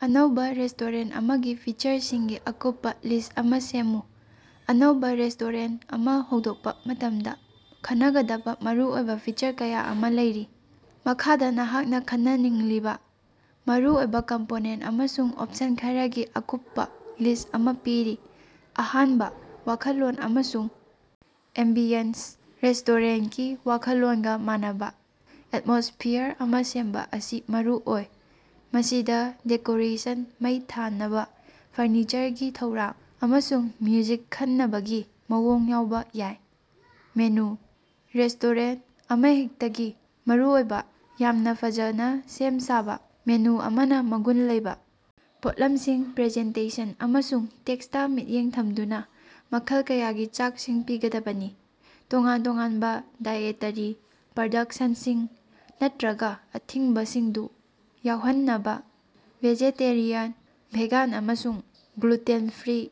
ꯑꯅꯧꯕꯥ ꯔꯦꯁꯇꯣꯔꯦꯟ ꯑꯃꯒꯤ ꯐꯤꯆꯔꯁꯤꯡꯒꯤ ꯑꯀꯨꯞꯄꯥ ꯂꯤꯁ ꯑꯃ ꯁꯦꯝꯃꯨ꯫ ꯑꯅꯧꯕꯥ ꯔꯦꯁꯇꯣꯔꯦꯟ ꯑꯃ ꯍꯧꯗꯣꯛꯄ ꯃꯇꯝꯗ ꯈꯟꯅꯒꯗꯕꯥ ꯃꯔꯨꯑꯣꯏꯕ ꯐꯤꯆꯔ ꯀꯌꯥ ꯑꯃ ꯂꯩꯔꯤ꯫ ꯃꯈꯥꯗ ꯅꯍꯥꯛꯅ ꯈꯟꯅꯅꯤꯡꯂꯤꯕꯥ ꯃꯔꯨꯑꯣꯏꯕ ꯀꯝꯄꯣꯅꯦꯟ ꯑꯃꯁꯨꯡ ꯑꯣꯞꯁꯟ ꯈꯔꯒꯤ ꯑꯀꯨꯞꯄꯥ ꯂꯤꯁ ꯑꯃ ꯄꯤꯔꯤ: ꯑꯍꯥꯟꯕ:ꯋꯥꯈꯜꯂꯣꯟ ꯑꯃꯁꯨꯡ ꯑꯦꯝꯕꯤꯌꯟꯁ: ꯔꯦꯁꯇꯣꯔꯦꯟꯀꯤ ꯋꯥꯈꯜꯂꯣꯟꯒ ꯃꯥꯟꯅꯕ ꯑꯦꯠꯃꯣꯁꯐꯤꯌꯥꯔ ꯑꯃ ꯁꯦꯝꯕ ꯑꯁꯤ ꯃꯔꯨꯑꯣꯏ꯫ ꯃꯁꯤꯗ ꯗꯦꯀꯣꯔꯦꯁꯟ, ꯃꯩ ꯊꯥꯟꯅꯕ, ꯐꯔꯅꯤꯆꯔꯒꯤ ꯊꯧꯔꯥꯡ, ꯑꯃꯁꯨꯡ ꯃ꯭ꯌꯨꯖꯤꯛ ꯈꯟꯅꯕꯒꯤ ꯃꯑꯣꯡ ꯌꯥꯎꯕ ꯌꯥꯏ꯫ ꯃꯦꯅꯨ: ꯔꯦꯁꯇꯣꯔꯦꯟ ꯑꯃꯍꯦꯛꯇꯒꯤ ꯃꯔꯨꯑꯣꯏꯕ, ꯌꯥꯝꯅ ꯐꯖꯅ ꯁꯦꯝ ꯁꯥꯕ ꯃꯦꯅꯨ ꯑꯃꯅ ꯃꯒꯨꯟ ꯂꯩꯕ ꯄꯣꯠꯂꯝꯁꯤꯡ, ꯄ꯭ꯔꯖꯦꯟꯇꯦꯁꯟ ꯑꯃꯁꯨꯡ ꯇꯦꯁꯇꯥ ꯃꯤꯠꯌꯦꯡ ꯊꯝꯗꯨꯅꯥ ꯃꯈꯜ ꯀꯌꯥꯒꯤ ꯆꯥꯛꯁꯤꯡ ꯄꯤꯒꯗꯕꯅꯤ꯫ ꯇꯣꯉꯥꯟ-ꯇꯣꯉꯥꯟꯕ ꯗꯥꯏꯑꯦꯇꯔꯤ ꯄꯔꯗꯛꯁꯟꯁꯤꯡ ꯅꯠꯇ꯭ꯔꯒꯥ ꯑꯊꯤꯡꯕꯁꯤꯡꯗꯨ ꯌꯥꯎꯍꯟꯅꯕꯥ ꯚꯦꯖꯦꯇꯦꯔꯤꯌꯥꯟ, ꯚꯦꯒꯥꯟ ꯑꯃꯁꯨꯡ ꯒ꯭ꯂꯨꯇꯦꯟ-ꯐ꯭ꯔꯤ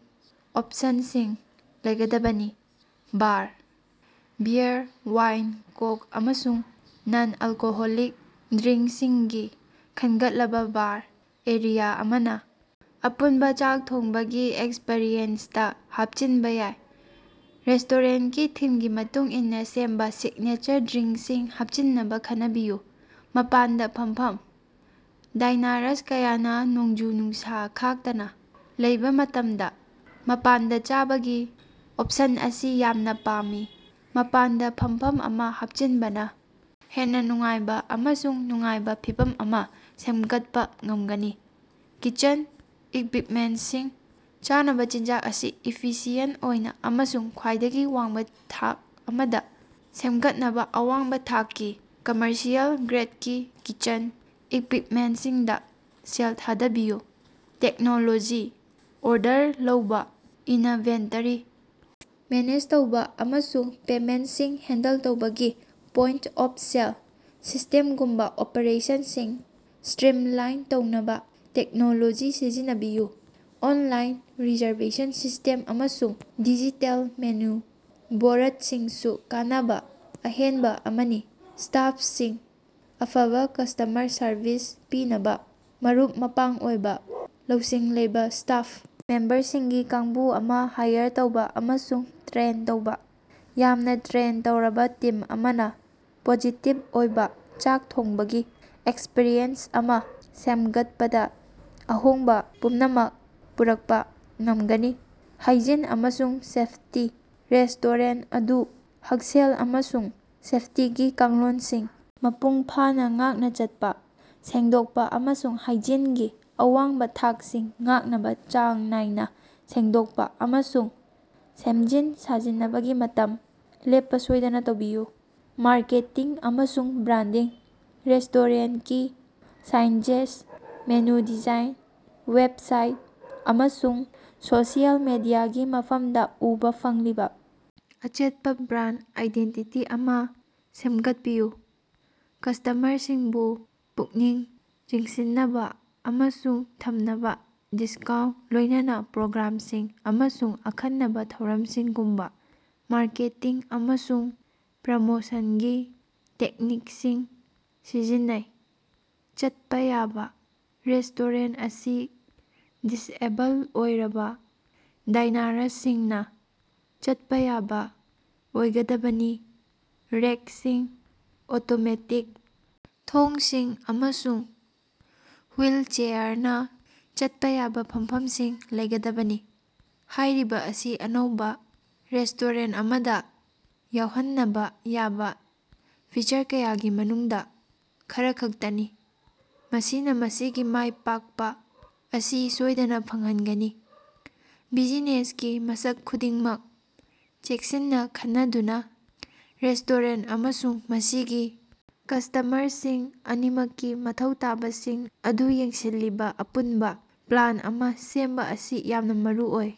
ꯑꯣꯞꯁꯟꯁꯤꯡ ꯂꯩꯒꯗꯕꯅꯤ꯫ ꯕꯥꯔ: ꯕꯤꯌꯔ, ꯋꯥꯏꯟ, ꯀꯣꯛ, ꯑꯃꯁꯨꯡ ꯅꯟ-ꯑꯜꯀꯣꯍꯣꯂꯤꯛ ꯗ꯭ꯔꯤꯡꯁꯤꯡꯒꯤ ꯈꯟꯒꯠꯂꯕꯥ ꯕꯥꯔ ꯑꯦꯔꯤꯌꯥ ꯑꯃꯅ ꯑꯄꯨꯟꯕ ꯆꯥꯛ ꯊꯣꯡꯕꯒꯤ ꯑꯦꯛꯁꯄꯔꯤꯌꯦꯟꯁꯇ ꯍꯥꯞꯆꯤꯟꯕ ꯌꯥꯏ꯫ ꯔꯦꯁꯇꯣꯔꯦꯟꯀꯤ ꯊꯤꯝꯒꯤ ꯃꯇꯨꯡ ꯏꯟꯅ ꯁꯦꯝꯕ ꯁꯤꯒꯅꯦꯆꯔ ꯗ꯭ꯔꯤꯡꯁꯤꯡ ꯍꯥꯞꯆꯤꯟꯅꯕ ꯈꯟꯅꯕꯤꯌꯨ꯫ ꯃꯄꯥꯟꯗ ꯐꯝꯐꯝ: ꯗꯥꯏꯅꯥꯔꯁ ꯀꯌꯥꯅ ꯅꯣꯡꯖꯨ-ꯅꯨꯡꯁꯥ ꯈꯥꯛꯇꯅ ꯂꯩꯕ ꯃꯇꯝꯗ ꯃꯄꯥꯟꯗ ꯆꯥꯕꯒꯤ ꯑꯣꯞꯁꯟ ꯑꯁꯤ ꯌꯥꯝꯅ ꯄꯥꯝꯃꯤ꯫ ꯃꯄꯥꯟꯗ ꯐꯝꯐꯝ ꯑꯃ ꯍꯥꯞꯆꯤꯟꯕꯅ ꯍꯦꯟꯅ ꯅꯨꯡꯉꯥꯏꯕ ꯑꯃꯁꯨꯡ ꯅꯨꯡꯉꯥꯏꯕ ꯐꯤꯚꯝ ꯑꯃ ꯁꯦꯝꯒꯠꯄ ꯉꯝꯒꯅꯤ꯫ ꯀꯤꯆꯟ ꯏꯛꯕꯤꯞꯃꯦꯟꯁꯤꯡ: ꯆꯥꯅꯕ ꯆꯤꯟꯖꯥꯛ ꯑꯁꯤ ꯏꯐꯤꯁꯤꯌꯦꯟ ꯑꯣꯏꯅ ꯑꯃꯁꯨꯡ ꯈ꯭ꯋꯥꯏꯗꯒꯤ ꯋꯥꯡꯕ ꯊꯥꯛ ꯑꯃꯗ ꯁꯦꯝꯒꯠꯅꯕ ꯑꯋꯥꯡꯕ ꯊꯥꯛꯀꯤ, ꯀꯝꯃꯔꯁꯤꯑꯦꯜ ꯒ꯭ꯔꯦꯠꯀꯤ ꯀꯤꯆꯟ ꯏꯛꯕꯤꯞꯃꯦꯟꯁꯤꯡꯗ ꯁꯦꯜ ꯊꯥꯗꯕꯤꯌꯨ꯫ ꯇꯦꯛꯅꯣꯂꯣꯖꯤ: ꯑꯣꯔꯗꯔ ꯂꯧꯕꯥ, ꯏꯅꯚꯦꯟꯇꯔꯤ ꯃꯦꯅꯦꯖ ꯇꯧꯕ, ꯑꯃꯁꯨꯡ ꯄꯦꯃꯦꯟꯁꯤꯡ ꯍꯦꯟꯗꯜ ꯇꯧꯕꯒꯤ ꯄꯣꯏꯟꯇ-ꯑꯣꯐ-ꯁꯦꯜ ꯁꯤꯁꯇꯦꯝꯒꯨꯝꯕꯥ ꯑꯣꯄꯔꯦꯁꯟꯁꯤꯡ ꯁ꯭ꯇꯔꯤꯝꯂꯥꯏꯟ ꯇꯧꯅꯕ ꯇꯦꯛꯅꯣꯂꯣꯖꯤ ꯁꯤꯖꯤꯟꯅꯕꯤꯌꯨ꯫ ꯑꯣꯟꯂꯥꯏꯟ ꯔꯤꯖꯔꯕꯦꯁꯟ ꯁꯤꯁꯇꯦꯝ ꯑꯃꯁꯨꯡ ꯗꯤꯖꯤꯇꯦꯜ ꯃꯦꯅꯨ ꯕꯣꯔꯠꯁꯤꯡꯁꯨ ꯀꯥꯟꯅꯕ ꯑꯍꯦꯟꯕ ꯑꯃꯅꯤ꯫ ꯁ꯭ꯇꯥꯐꯁꯤꯡ: ꯑꯐꯕ ꯀꯁꯇꯃꯔ ꯁꯔꯕꯤꯁ ꯄꯤꯅꯕ ꯃꯔꯨꯞ-ꯃꯄꯥꯡ ꯑꯣꯏꯕ, ꯂꯧꯁꯤꯡ ꯂꯩꯕꯥ ꯁ꯭ꯇꯥꯐ ꯃꯦꯝꯕꯔꯁꯤꯡꯒꯤ ꯀꯥꯡꯕꯨ ꯑꯃ ꯍꯥꯏꯌꯔ ꯇꯧꯕ ꯑꯃꯁꯨꯡ ꯇ꯭ꯔꯦꯟ ꯇꯧꯕ꯫ ꯌꯥꯝꯅ ꯇ꯭ꯔꯦꯟ ꯇꯧꯔꯕ ꯇꯤꯝ ꯑꯃꯅ ꯄꯣꯖꯤꯇꯤꯕ ꯑꯣꯏꯕ ꯆꯥꯛ ꯊꯣꯡꯕꯒꯤ ꯑꯦꯛꯁꯄꯔꯤꯌꯦꯟꯁ ꯑꯃ ꯁꯦꯝꯒꯠꯄꯗ ꯑꯍꯣꯡꯕ ꯄꯨꯝꯅꯃꯛ ꯄꯨꯔꯛꯄ ꯉꯝꯒꯅꯤ꯫ ꯍꯥꯏꯖꯤꯟ ꯑꯃꯁꯨꯡ ꯁꯦꯐꯇꯤ: ꯔꯦꯁꯇꯣꯔꯦꯟ ꯑꯗꯨ ꯍꯛꯁꯦꯜ ꯑꯃꯁꯨꯡ ꯁꯦꯐꯇꯤꯒꯤ ꯀꯥꯡꯂꯣꯟꯁꯤꯡ ꯃꯄꯨꯡ ꯐꯥꯅ ꯉꯥꯛꯅ ꯆꯠꯄ, ꯁꯦꯡꯗꯣꯛꯄ ꯑꯃꯁꯨꯡ ꯍꯥꯏꯖꯤꯟꯒꯤ ꯑꯋꯥꯡꯕ ꯊꯥꯛꯁꯤꯡ ꯉꯥꯛꯅꯕ ꯆꯥꯡ ꯅꯥꯏꯅ ꯁꯦꯡꯗꯣꯛꯄ ꯑꯃꯁꯨꯡ ꯁꯦꯝꯖꯤꯟ-ꯁꯥꯖꯤꯟꯅꯕꯒꯤ ꯃꯇꯝ ꯂꯦꯞꯄꯥ ꯁꯣꯏꯗꯅ ꯇꯧꯕꯤꯌꯨ꯫ ꯃꯥꯔꯀꯦꯇꯤꯡ ꯑꯃꯁꯨꯡ ꯕ꯭ꯔꯥꯟꯗꯤꯡ: ꯔꯦꯁꯇꯣꯔꯦꯟꯀꯤ ꯁꯥꯏꯟꯖꯦꯖ, ꯃꯦꯅꯨ ꯗꯤꯖꯥꯏꯟ, ꯋꯦꯕꯁꯥꯏꯠ, ꯑꯃꯁꯨꯡ ꯁꯣꯁꯤꯑꯦꯜ ꯃꯤꯗꯤꯌꯥꯒꯤ ꯃꯐꯝꯗ ꯎꯕ ꯐꯪꯂꯤꯕ ꯑꯆꯦꯠꯄ ꯕ꯭ꯔꯥꯟꯗ ꯑꯥꯏꯗꯦꯟꯇꯤꯇꯤ ꯑꯃ ꯁꯦꯝꯒꯠꯄꯤꯌꯨ꯫ ꯀꯁꯇꯃꯔꯁꯤꯡꯕꯨ ꯄꯨꯛꯅꯤꯡ ꯆꯤꯡꯁꯤꯟꯅꯕ ꯑꯃꯁꯨꯡ ꯊꯝꯅꯕꯥ ꯗꯤꯁꯀꯥꯎꯟ, ꯂꯣꯏꯅꯅꯥ ꯄ꯭ꯔꯣꯒ꯭ꯔꯥꯝꯁꯤꯡ, ꯑꯃꯁꯨꯡ ꯑꯈꯟꯅꯕꯥ ꯊꯧꯔꯝꯁꯤꯡꯒꯨꯝꯕ ꯃꯥꯔꯀꯦꯇꯤꯡ ꯑꯃꯁꯨꯡ ꯄ꯭ꯔꯃꯣꯁꯟꯒꯤ ꯇꯦꯛꯅꯤꯛꯁꯤꯡ ꯁꯤꯖꯤꯟꯅꯩ꯫ ꯆꯠꯄ ꯌꯥꯕ: ꯔꯦꯁꯇꯣꯔꯦꯟ ꯑꯁꯤ ꯗꯤꯁꯑꯦꯕꯜ ꯑꯣꯏꯔꯕ ꯗꯥꯏꯅꯥꯔꯁꯁꯤꯡꯅ ꯆꯠꯄ ꯌꯥꯕ ꯑꯣꯏꯒꯗꯕꯅꯤ, ꯔꯦꯛꯁꯤꯡ, ꯑꯣꯇꯣꯃꯦꯇꯤꯛ ꯊꯣꯡꯁꯤꯡ, ꯑꯃꯁꯨꯡ ꯍꯨꯏꯜꯆꯦꯌꯥꯔꯅꯥ ꯆꯠꯄꯥ ꯌꯥꯕ ꯐꯝꯐꯝꯁꯤꯡ ꯂꯩꯒꯗꯕꯅꯤ꯫ ꯍꯥꯏꯔꯤꯕ ꯑꯁꯤ ꯑꯅꯧꯕ ꯔꯦꯁꯇꯣꯔꯦꯟ ꯑꯃꯗ ꯌꯥꯎꯍꯟꯅꯕ ꯌꯥꯕ ꯐꯤꯆꯔ ꯀꯌꯥꯒꯤ ꯃꯅꯨꯡꯗꯥ ꯈꯔꯈꯛꯇꯅꯤ, ꯃꯁꯤꯅ ꯃꯁꯤꯒꯤ ꯃꯥꯢ ꯄꯥꯛꯄ ꯑꯁꯤ ꯁꯣꯏꯗꯅꯥ ꯐꯪꯍꯟꯒꯅꯤ꯫ ꯕꯤꯖꯤꯅꯦꯁꯀꯤ ꯃꯁꯛ ꯈꯨꯗꯤꯡꯃꯛ ꯆꯦꯛꯁꯤꯟꯅ ꯈꯟꯅꯗꯨꯅꯥ ꯔꯦꯁꯇꯣꯔꯦꯟ ꯑꯃꯁꯨꯡ ꯃꯁꯤꯒꯤ ꯀꯁꯇꯃꯔꯁꯤꯡ ꯑꯅꯤꯃꯛꯀꯤ ꯃꯊꯧ ꯇꯥꯕꯁꯤꯡ ꯑꯗꯨ ꯌꯦꯡꯁꯤꯜꯂꯤꯕ ꯑꯄꯨꯟꯕ ꯄ꯭ꯂꯥꯟ ꯑꯃ ꯁꯦꯝꯕꯥ ꯑꯁꯤ ꯌꯥꯝꯅ ꯃꯔꯨꯑꯣꯏ꯫